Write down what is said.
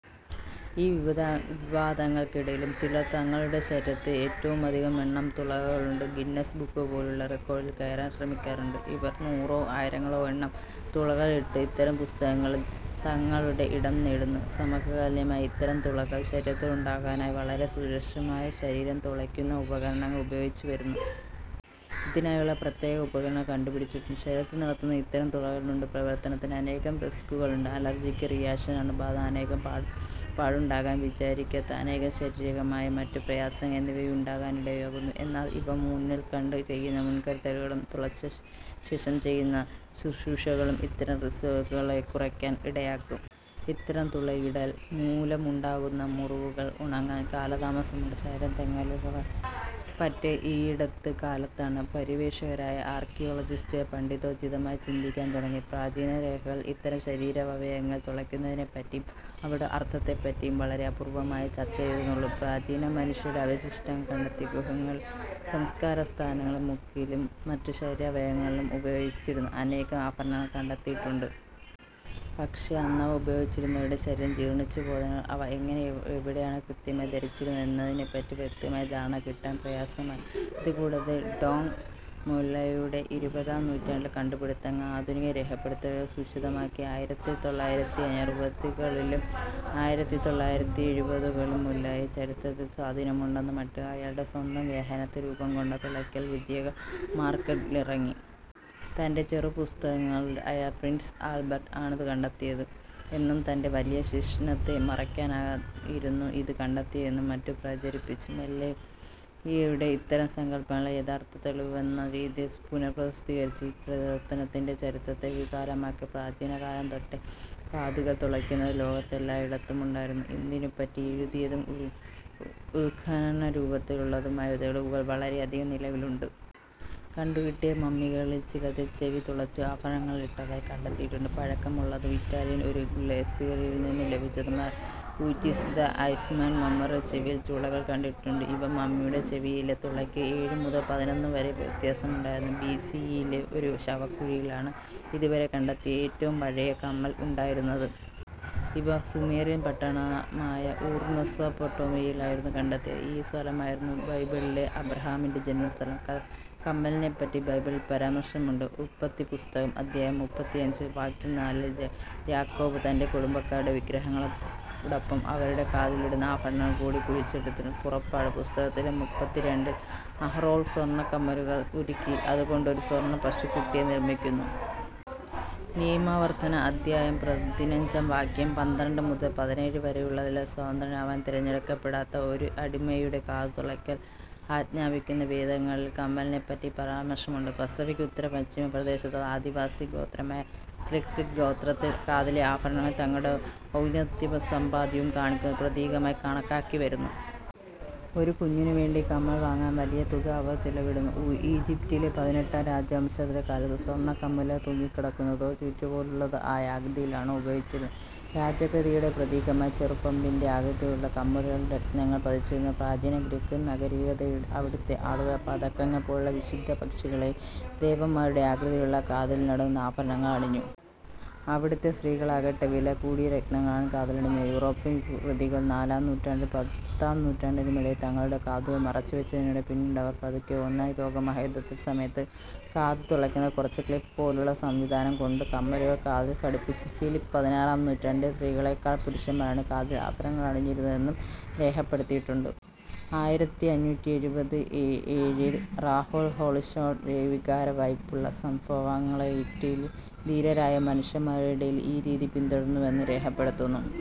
ഈ വിവാദങ്ങൽക്കിടയിലും ചിലർ തങ്ങളുടെ ശരീരത്തിൽ ഏറ്റവുമധികമെണ്ണം തുളകളിട്ട് ഗിന്നസ് ബുക്കുപോലുള്ള റിക്കാർഡിൽ കയറാൻ ശ്രമിക്കാറുണ്ട്. ഇവർ നൂറോ ആയിരങ്ങളൊ എണ്ണം തുളകൾ ഇട്ട് ഇത്തരം പുസ്തകങ്ങളിൽ തങ്ങളുടെ ഇടം നേടുന്നു. സമകാലീനമായി ഇത്തരം തുളകൾ ശരീരത്തിലുണ്ടാക്കാനായി വളരെ സുരക്ഷിതമായ ശരീരം തുളയ്ക്കുന്ന ഉപകരണങ്ങൾ ഉപയോഗിച്ചു വരുന്നു. ഇതിനായുള്ള പ്രത്യേക ഉപകരണങ്ങൾ കണ്ടുപിടിച്ചിട്ടുണ്ട്. ശരീരത്തിൽ നടത്തുന്ന ഇത്തരം തുളകളുണ്ടാക്കുന്ന പ്രവർത്തനത്തിനു അനേകം റിസ്കുകളുണ്ട്. അലർജിക് റിയാക്ഷൻ, അണുബാധ, അനേകം പാടുണ്ടാകൽ, വിജാരിക്കാത്ത അനേകം ശാരീരികമായ മറ്റു പ്രയാസങ്ങൾ എന്നിവയുണ്ടാകാനിടയാക്കുന്നു. എന്നാൽ ഇവ മുന്നിൽ കണ്ട് ചെയ്യുന്ന മുൻകരുതലുകളും തുളച്ചശേഷം ചെയ്യുന്ന ശുശ്രൂഷകളും ഇത്തരം റിസ്കുകളെ കുറയ്ക്കാൻ ഇടയാക്കും. ഇത്തരം തുളയിടൽ മൂലമുണ്ടാകുന്ന മുറിവുകൾ ഉണങ്ങാൻ കാലതാമസമുണ്ട്. ശരീര തൊങ്ങലുകളെപ്പറ്റി ഈയടുത്ത കാലത്താണ് പര്യവേക്ഷകരായ ആർക്കിയോളജിസ്റ്റുകൾ പണ്ഡിതോചിതമായി ചിന്തിക്കാൻ തുടങ്ങിയത്. പ്രാചീന രേഖകൾ ഇത്തരം ശരീരാവയവങ്ങൾ തുളയ്ക്കുന്നതിനെപ്പറ്റിയും അവയുടെ അർത്ഥത്തെപ്പറ്റിയും വളരെ അപൂർവ്വമായെ ചർച്ചചെയ്തിരുന്നുള്ളു. പ്രാചീന മനുഷ്യരുടെ അവശിഷ്ടങ്ങൾ കണ്ടെത്തിയ ഗുഹകളിലും സംസ്കാരസ്ഥലങ്ങളിലും മൂക്കിലും മറ്റു ശരീരാവയവങ്ങളിലും ഉപയോഗിച്ചിരുന്ന അനേകം ആഭരണങ്ങൾ കണ്ടെത്തിയിട്ടുണ്ട്. പക്ഷെ അന്നവ ഉപയോഗിച്ചിരുന്നവരുടെ ശരിരം ജീർണ്ണിച്ചു പോയതിനാൽ അവ എങ്ങനെ എവിടെയാണ് കൃത്യമായി ധരിച്ചിരുന്നത് എന്നതിനെപ്പറ്റി വ്യക്തമായ ധാരണ കിട്ടാൻ പ്രയാസമായി. ഇതുകൂടാതെ, ഡൗങ് മൊലൊയ്യുടെ ഇരുപതാം നൂറ്റാണ്ടിലെ കണ്ടുപിടിത്തങ്ങൾ ആധുനിക രേഖപ്പെടുത്തലുകൾ ദൂഷിതമാക്കി. ആയിരത്തി തൊള്ളായിരത്തിഅറുപതുകളിലും ആയിരത്തിതൊള്ളായിരത്തിഎഴുപതുകളിലും മൊല്ലോയ് ചരിത്രത്തിൻ്റെ സ്വാധീനമുണ്ടെന്ന മട്ടിൽ അയാളുടെ സ്വന്തം വ്യാഖ്യാനത്തിൽ രൂപം കൊണ്ട തുളയ്ക്കൽ വിദ്യകൾ മാർക്കറ്റിലിറങ്ങി തൻ്റെ ചെറുപുസ്തകങ്ങളിൽ അയാൾ പ്രിൻസ് ആൽബർട്ട് ആണിതു കണ്ടെത്തിയത് എന്നും തൻ്റെ വലിയ ശിശ്നത്തെ മറയ്കാനായിരുന്നു ഇത് കണ്ടെത്തിയതെന്നും മറ്റും പ്രചരിപ്പിച്ചു. മൊല്ലോയിയുടെ ഇത്തരം സങ്കല്പങ്ങളെ യഥാർഥ തെളിവെന്ന രീതിയിൽ പുനഃപ്രസിദ്ധീകരിച്ച് ഈ പ്രവർത്തനത്തിൻ്റെ ചരിത്രത്തെ വികലമാക്കി. പ്രാചീനകാലം തൊട്ടെ കാതുകൾ തുളയ്ക്കുന്നത് ലോകത്തെല്ലായിടത്തുമുണ്ടായിരുന്നു. ഇതിനെപ്പറ്റി എഴുതിയതും ഉത്ഘനനരൂപത്തിലുള്ളതുമായ തെളിവുകൾ വളരെയധികം നിലവിലുണ്ട്. കണ്ടുകിട്ടിയ മമ്മികളിൽ ചിലതിൽ ചെവി തുളച്ചു ആഭരണങ്ങളിട്ടതായി കണ്ടെത്തിയിട്ടുണ്ട്. പഴക്കമുള്ളതും ഇറ്റലിയിലെ ഒരു ഗ്ലെസിയറിൽ നിന്നും ലഭിച്ചതുമായ ഊറ്റ്സി ദ ഐസ്മാൻ്റെ മമ്മിയിൽ ചെവിയിൽ തുളകൾ കണ്ടെത്തിയിട്ടുണ്ട്. ഈ മമ്മിയുടെ ചെവിയിലെ തുളയ്ക്ക് ഏഴ് മുതൽ പതിനൊന്ന് വരെ വ്യാസമുണ്ടായിരുന്നു. ബി സി ഇ യിലെ ഒരു ശവക്കുഴിയിൽ ആണ് ഇതുവരെ കണ്ടെത്തിയ ഏറ്റവും പഴയ കമ്മൽ ഉണ്ടായിരുന്നത്. ഇവ സുമേറിയൻ പട്ടണമായ ഊർ, മെസപ്പൊട്ടേമിയയിൽ ആയിരുന്നു കണ്ടെത്തിയത്. ഈ സ്ഥലമായിരുന്നു ബൈബിളിലെ അബ്രഹാമിൻ്റെ ജന്മസ്ഥലം. കമ്മലിനെപ്പറ്റി ബൈബിളിൽ പരാമർശമുണ്ട്. ഉൽപ്പത്തിപ്പുസ്തകം അദ്ധ്യായം മുപ്പത്തിഅഞ്ചിൽ വാക്യം നാലിൽ, യാക്കോബ് തൻ്റെ കുടുംബക്കാരുടെ വിഗ്രഹങ്ങളോടൊപ്പം അവരുടെ കാതിലിടുന്ന ആഭരണങ്ങൾ കൂടി കുഴിച്ചിടുന്നുണ്ട്. പുറപ്പാട് പുസ്തകത്തിലെ മുപ്പത്തിരണ്ടിൽ, അഹറോൻ സ്വർണ്ണകമ്മലുകൾ ഉരുക്കി അതുകൊണ്ട് ഒരു സ്വർണ്ണ പശുക്കുട്ടിയെ നിർമ്മിക്കുന്നു. നിയമാവർത്തനം അദ്ധ്യായം പതിനഞ്ച് വാക്യം പന്ത്രണ്ട് മുതൽ പതിനേഴ് വരെയുള്ളതിൽ സ്വതന്ത്രനാവാൻ തിരഞ്ഞെടുക്കപ്പെടാത്ത ഒരു അടിമയുടെ കാതു തുളയ്ക്കാൻ ആജ്ഞാപിക്കുന്നു. വേദങ്ങളിലും കമ്മലിനെപ്പറ്റി പരാമർശമുണ്ട്. പസിഫിക് ഉത്തരപശ്ചിമ പ്രദേശത്തുള്ള ആദിവാസി ഗോത്രമായ ത്ലിങ്കിറ്റ് ഗോത്രത്തിൽ കാതിലെ ആഭരണങ്ങൾ തങ്ങളുടെ ഔന്നത്യവും സമ്പത്തും കാണിക്കുന്ന പ്രതീകമായി കണക്കാക്കിവരുന്നു. ഒരു കുഞ്ഞിനുവേണ്ട കമ്മൽ വാങ്ങാൻ വലിയ തുക അവർ ചിലവിടുന്നു. ഈജിപ്തിലെ പതിനെട്ടാം രാജവംശത്തിൻ്റെ കാലത്ത്, സ്വർണ്ണക്കമ്മലുകൾ തൂങ്ങിക്കിടക്കുന്നതോ ചുറ്റുപോലുള്ളതോ ആയ ആകൃതിയിലാണുപയോഗിച്ചിരുന്നത്. രാജകീയതയുടെ പ്രതീകമായ ചെറുപാമ്പിൻ്റെ ആകൃതിയുള്ള കമ്മലുകളിൽ രത്നങ്ങൾ പതിച്ചിരുന്നു. പ്രാചീന ഗ്രീക്ക് നാഗരികതയിൽ അവിടത്തെ ആളുകൾ പതക്കങ്ങൾപോലുള്ള വിശുദ്ധ പക്ഷികളുടെയോ ദേവതമാരുടെയോ ആകൃതിയിലുള്ള കാതിലിടുന്ന ആഭരണങ്ങൾ അണിഞ്ഞു. അവിടത്തെ സ്ത്രീകളാകട്ടെ, വിലകൂടിയ രത്നങ്ങളാണ് കാതിലണിഞ്ഞത്. യൂറോപ്പിൽ, സ്ത്രീകൾ, നാലാം നുറ്റാണ്ടിനും പത്താം നൂറ്റാണ്ടിനുമിടയിൽ തങ്ങളുടെ കാതുകൾ മറച്ചുവച്ചുനടന്നു. പിന്നീടവർ പതുക്കെ ഒന്നാം ലോകമഹായുദ്ധസമയത്ത് കാത് തുളയ്ക്കുന്നത് കുറച്ച് ക്ലിപ്പ് പോലുള്ള സംവിധാനം കൊണ്ട് കമ്മലുകൾ കാതിൽ ഘടിപ്പിച്ചു. ഫിലിപ് പതിനാറാം നൂറ്റാണ്ടിൽ സ്ത്രീകളേക്കാൾ പുരുഷന്മാരാണ് കാതിൽ ആഭരണങ്ങളണിഞ്ഞിരുന്നതെന്നു രേഖപ്പെടുത്തിയിട്ടുണ്ട്. ആയിരത്തിഅഞ്ഞൂറ്റിഎഴുപത്തിഏഴിൽ റാഫേൽ ഹോളിൻഷെഡ് വികാരവായ്പുള്ള സഭാംഗങ്ങളുടെയിറ്റയിലും ധീരരായ മാന്യന്മാരുടെയിടയിലും ഈ രീതി പിന്തുടർന്നിരുന്നുവെന്ന് രേഖപ്പെടുത്തുന്നു.